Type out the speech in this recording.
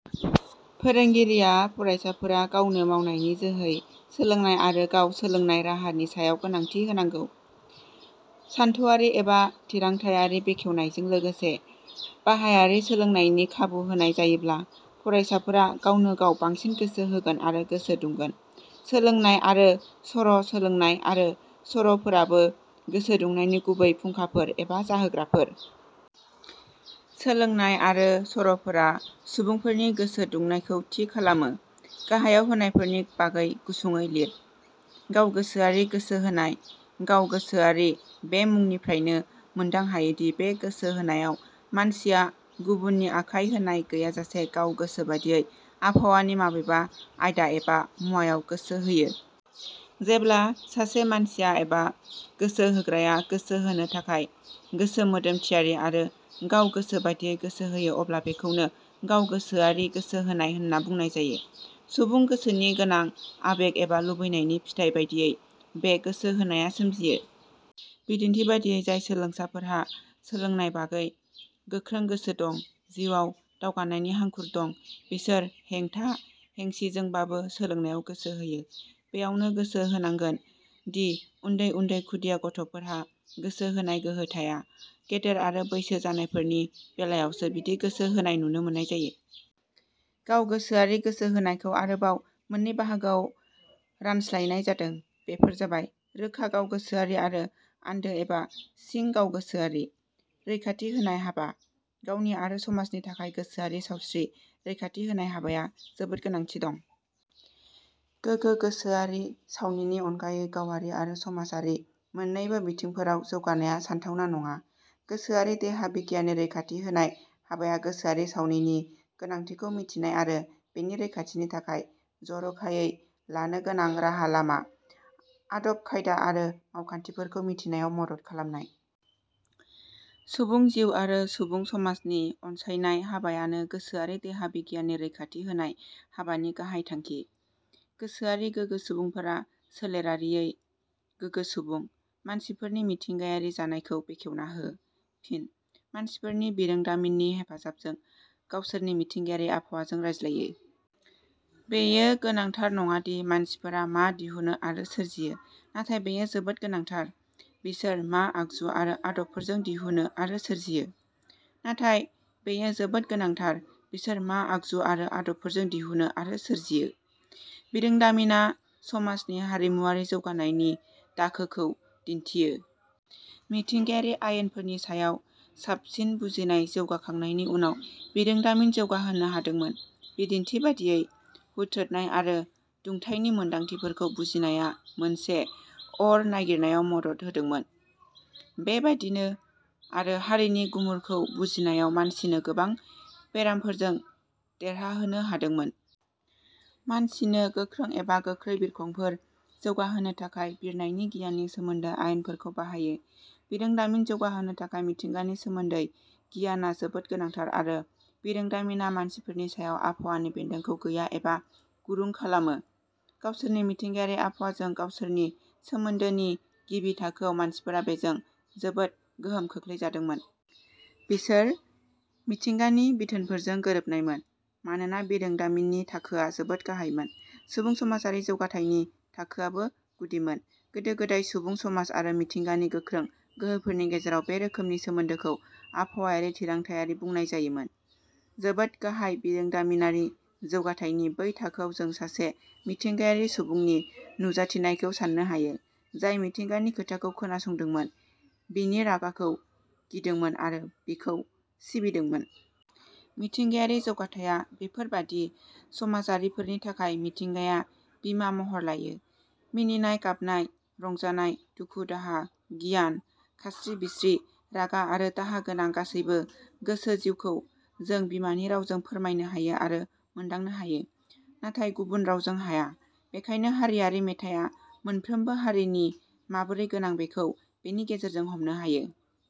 फोरोंगिरिया फरायसाफोरा गावनो मावनायनि जोहै सोलोंनाय आरो गाव सोलोंनाय राहानि सायाव गोनांथि होनांगौ। सानथौवारि एबा थिरांथाइयारि बेखेवनायजों लोगोसे बाहायारि सोलोंनायनि खाबु होनाय जायोब्ला फरायसाफोरा गावनो गाव बांसिन गोसो होगोन आरो गोसो दुंगोन। सोलोंनाय आरो सर': सोलोंनाय आरो सर 'फोराबो गोसो दुंनायनि गुबै फुंखाफोर एबा जाहोग्राफोर। सोलोंनाय आरो सर 'फोरा सुबुंफोरनि गोसो दुंनायखौ थि खालामो। गाहायाव होनायफोरनि बागै गुसुंङै लिर।: गावगोसोआरि गोसो होनाय: गाव गोसोआरि बे मुंनिफ्रायनो मोनदां हायो दि बे गोसो होनायाव मानसिया गुबुननि आखाय होनाय गैयाजासे गाव गोसो बादियै आबहावानि माबेबा आयदा एबा मुवायाव गोसो होयो। जेब्ला सासे मानसिया एबा गोसो होग्राया गोसो होनो थाखाय गोसो मोदोम थियारि आरो गाव गोसो बादियै गोसो होयो अब्ला बेखौनो गाव गोसोआरि गोसो होनाय होनना बुंनाय जायो। सुबुं गोसोनि गोनां आबेग एबा लुबैनायनि फिथाइ बादियै बे गोसो होनाया सोमजियो। बिदिन्थि बादियै, जाय सोलोंसाफोरहा, सोलोंनाय बागै गोख्रों गोसो दं, जिउआव दावगानायनि हांखुर दं, बिसोर हेंथा हेंसिजोंबाबो सोलोंनायाव गोसो होयो। बेयावनो गोसो होनांगोन दि उन्दै उन्दै खुदिया गथ'फोरहा गोसो होनाय गोहो थाया। गेदेर आरो बैसो जानायफोरनि बेलायावसो बिदि गोसो होनाय नुनो मोननाय जायो। गावगोसोआरि गोसो होनायखौ आरोबाव मोननै बाहागोआव रानस्लायनाय जादों, बेफोर जाबाय- रोखा गावगोसोआरि आरो आन्दो एबा सिं गावगोसोआरि। रैखाथि होनाय हाबा: गावनि आरो समाजनि थाखाय गोसोआरि सावस्रि रैखाथि होनाय हाबाया जोबोद गोनांथि दं। गोगो गोसोआरि सावनिनि उनगायै गावारि आरो समाजारि मोननैबो बिथिंफोराव जौगानाया सानथावना नङा। गोसोआरि देहा बिगियाननि रैखाथि होनाय हाबाया गोसोआरि सावनिनि गोनांथिखौ मिथिनाय आरो बेनि रैखाथिनि थाखाय जर 'खायै लानो गोनां राहा-लामा, आदब-खायदा आरो मावखान्थिफोरखौ मिथिनायाव मदद खालामनाय। सुबुं जिउ आरो सुबुं समाजनि अनसायनाय हाबायानो गोसोआरि देहा बिगियाननि रैखाथि होनाय हाबानि गाहाइ थांखि। गोसोआरि गोगो सुबुंफोरा सोलेरारियै गोगो सुबुं। मानसिफोरनि मिथिंगायारि जानायखौ बेखेवना हो। फिन: मानसिफोरनि बिरोंदामिननि हेफाजाबजों गावसोरनि मिथिंगायारि आबहावाजों रायज्लायो। बेयो गोनांथार नङादि मानसिफोरा मा दिहुनो आरो सोरजियो। नाथाय बेयो जोबोद गोनांथार- "बिसोर मा आगजु आरो आदबफोरजों दिहुनो आरो सोरजियो। नाथाय बेयो जोबोद गोनांथार 'बिसोर मा आगजु आरो आदबफोरजों दिहुनो आरो सोरजियो? " बिरोंदामिना समाजनि हारिमुवारि जौगानायनि दाखोखौ दिन्थियो। मिथिंगायारि आयेनफोरनि सायाव साबसिन बुजिनाय जौगाखांनायनि उनाव बिरोंदामिन जौगाहोनो हादोंमोन। बिदिन्थि बादियै, हुथ्रोदनाय आरो दुंथाइनि मोन्दांथिफोरखौ बुजिनाया मानसिनो अर नागिरनायाव मदद होदोंमोन। बे बायदिनो आरो हारिनि गुमुरखौ बुजिनायाव मानसिनो गोबां बेरामफोरजों देरहाहोनो हादोंमोन। मानसिनो गोखों एबा गोख्रै बिरखंफोर जौगाहोनो थाखाय बिरनायनि गियाननि सोमोन्दै आयेनफोरखौ बाहायो। बिरोंदामिन जौगाहोनो थाखाय मिथिंगानि सोमोन्दै गियानआ जोबोद गोनांथार आरो बिरोंदामिनआ मानसिफोरनि सायाव आबहावानि बेन्दोंखौ गैया एबा गुरुं खालामो। गावसोरनि मिथिंगायारि आबहावाजों गावसोरनि सोमोन्दोनि गिबि थाखोआव मानसिफोरा बेजों जोबोद गोहोम खोख्लैजादोंमोन। बिसोर मिथिंगानि बिथोनफोरजों गोरोबनायमोन। मानोना बिरोंदामिननि थाखोआ जोबोद गाहायमोन। सुबुं समाजारि जौगाथाइनि थाखोआबो गुदिमोन। गोदो- गोदायनि सुबुं समाज आरो मिथिंगानि गोखों गोहोफोरनि गेजेराव बे रोखोमनि सोमोन्दोखौ आबहावायारि थिरांथायारि बुंनाय जायोमोन। जोबोद गाहाय बिरोंदामिनारि जौगाथाइनि बै थाखोआव जों सासे मिथिंगायारि सुबुनि नुजाथिनायखौ साननो हायो, जाय मिथिंगानि खोथाखौ खोनासंदोंमोन, बिनि रागाखौ गिदोंमोन आरो बेखौ सिबिदोंमोन। मिथिंगायारि जौगाथाइया बेफोरबादि समाजारिफोरनि थाखाय मिथिंगाया बिमा महर लायो। मिनिनाय-गाबनाय, रंजानाय, दुखु दाहा, गियान, खास्रि बिस्रि, रागा आरो दाहा गोनां गासैबो गोसो जिउखौ जों बिमानि रावजों फोरमायनो हायो आरो मोन्दांनो हायो। नाथाय गुबुन रावजों हाया। बेखायनो हारियारि मेथाइया मोनफ्रोमबो हारिनि माबोरै गोनां बेखौ बेनि गेजेरजों हमनो हायो।